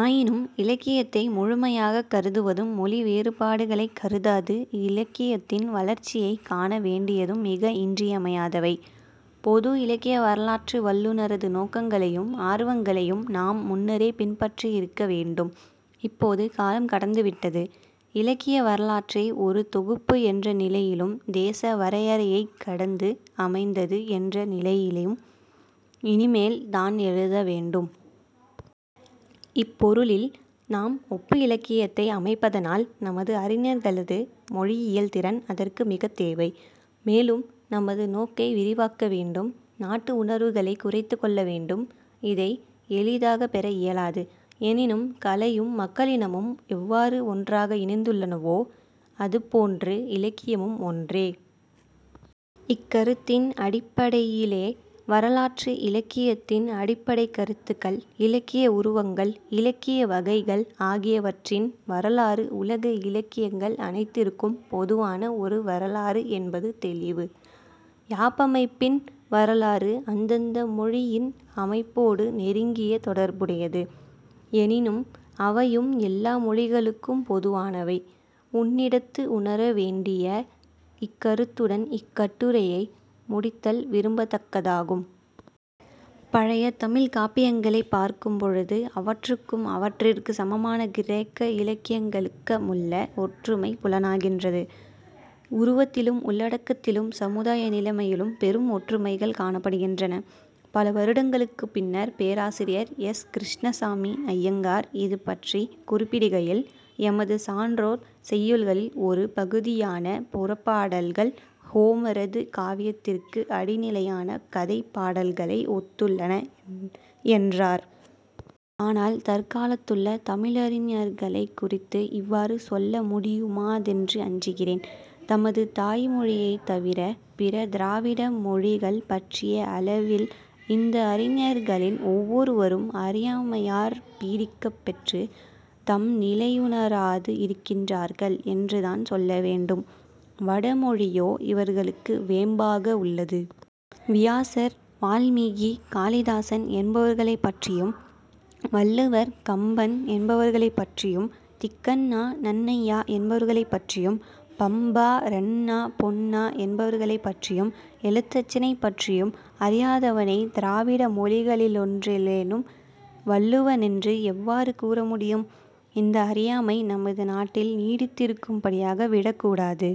ஆயினும் இலக்கியத்தை முழுமையாகக் கருதுவதும் மொழி வேறுபாடுகளைக் கருதாது இலக்கியத்தின் வளர்ச்சியைக் காண வேண்டியதும் மிக இன்றியமையாதவை. பொது இலக்கிய வரலாற்று வல்லுநரது நோக்கங்களையும் ஆர்வங்களையும் நாம் முன்னரே பின்பற்றியிருக்க வேண்டும். இப்போது காலம் கடந்து விட்டது. இலக்கிய வரலாற்றை ஒரு தொகுப்பு என்ற நிலையிலும் தேச வரையறையைக் கடந்து அமைந்தது என்ற நிலையிலும் இனிமேல் தான் எழுத வேண்டும். இப்பொருளில் நாம் ஒப்பு இலக்கியத்தை அமைப்பதனால் நமது அறிஞர்களது மொழியியல் திறன் அதற்கு மிகத் தேவை. மேலும் நமது நோக்கை விரிவாக்க வேண்டும். நாட்டு உணர்வுகளைக் குறைத்துக் கொள்ள வேண்டும். இதை எளிதாகப் பெற இயலாது. எனினும் கலையும் மக்களினமும் எவ்வாறு ஒன்றாக இணைந்துள்ளனவோ அது போன்று இலக்கியமும் ஒன்றே. இக்கருத்தின் அடிப்படையிலே வரலாற்று இலக்கியத்தின் அடிப்படைக் கருத்துக்கள், இலக்கிய உருவங்கள், இலக்கிய வகைகள் ஆகியவற்றின் வரலாறு உலக இலக்கியங்கள் அனைத்திற்கும் பொதுவான ஒரு வரலாறு என்பது தௌிவு. யாப்பமைப்பின் வரலாறு அந்தந்த மொழியின் அமைப்போடு நெருங்கிய தொடர்புடையது. எனினும் அவையும் எல்லா மொழிகளுக்கும் பொதுவானவை.... " உன்னிடத்து உணர வேண்டிய இக்கருத்துடன் இக்கட்டுரையை முடித்தல் விரும்பத்தக்கதாகும். "பழைய தமிழ்க் காப்பியங்களைப் பார்க்கும் பொழுது, அவற்றுக்கும் அவற்றிற்குச் சமமான கிரேக்க இலக்கியங்களுக்க முள்ள ஒற்றுமை புலனாகின்றது. உருவத்திலும், உள்ளடக்கத்திலும், சமுதாய நிலைமையிலும் பெரும் ஒற்றுமைகள் காணப்படுகின்றன. " பல வருடங்களுக்குப் பின்னர் பேராசிாியர் எஸ். கிருஷ்ணசாமி ஐயங்கார் இதுபற்றிக் குறிப்பிடுகையில், எமது சான்றோர் செய்யுள்களில் ஒரு பகுதியான புறப்பாடல்கள் ஹோமரது காவியத்திற்கு அடிநிலையான கதைப் பாடல்களை ஒத்துள்ளன என்றார். ஆனால், தற்காலத்துள்ள தமிழறிஞர்களைக் குறித்து இவ்வாறு சொல்ல முடியுமாதென்று அஞ்சுகிறேன். தமது தாய் மொழியைத் தவிர, பிற திராவிட மொழிகள் பற்றிய அளவில், இந்த அறிஞர்களில் ஒவ்வொருவரும் அறியாமையாற் பீடிக்கப் பெற்று, தம் நிலையுணராது இருக்கின்றார்கள் என்றுதான் சொல்ல வேண்டும். வட மொழியோ இவர்களுக்கு வேம்பாக உள்ளது. வியாசர், வால்மீகி, காளிதாசன் என்பவர்களைப் பற்றியும், வள்ளுவர், கம்பன் என்பவர்களைப் பற்றியும், திக்கண்ணா, நன்னய்யா என்பவர்களைப் பற்றியும், பம்பா, ரன்னா, பொன்னா என்பவர்களைப் பற்றியும், எழுத்தச்சனைப் பற்றியும், அறியாதவனைத் திராவிட மொழிகளிலொன்றிலேனும் வல்லவனென்று எவ்வாறு கூற முடியும்? இந்த அறியாமை நமது நாட்டில் நீடித்திருக்கும்படியாக விடக்கூடாது.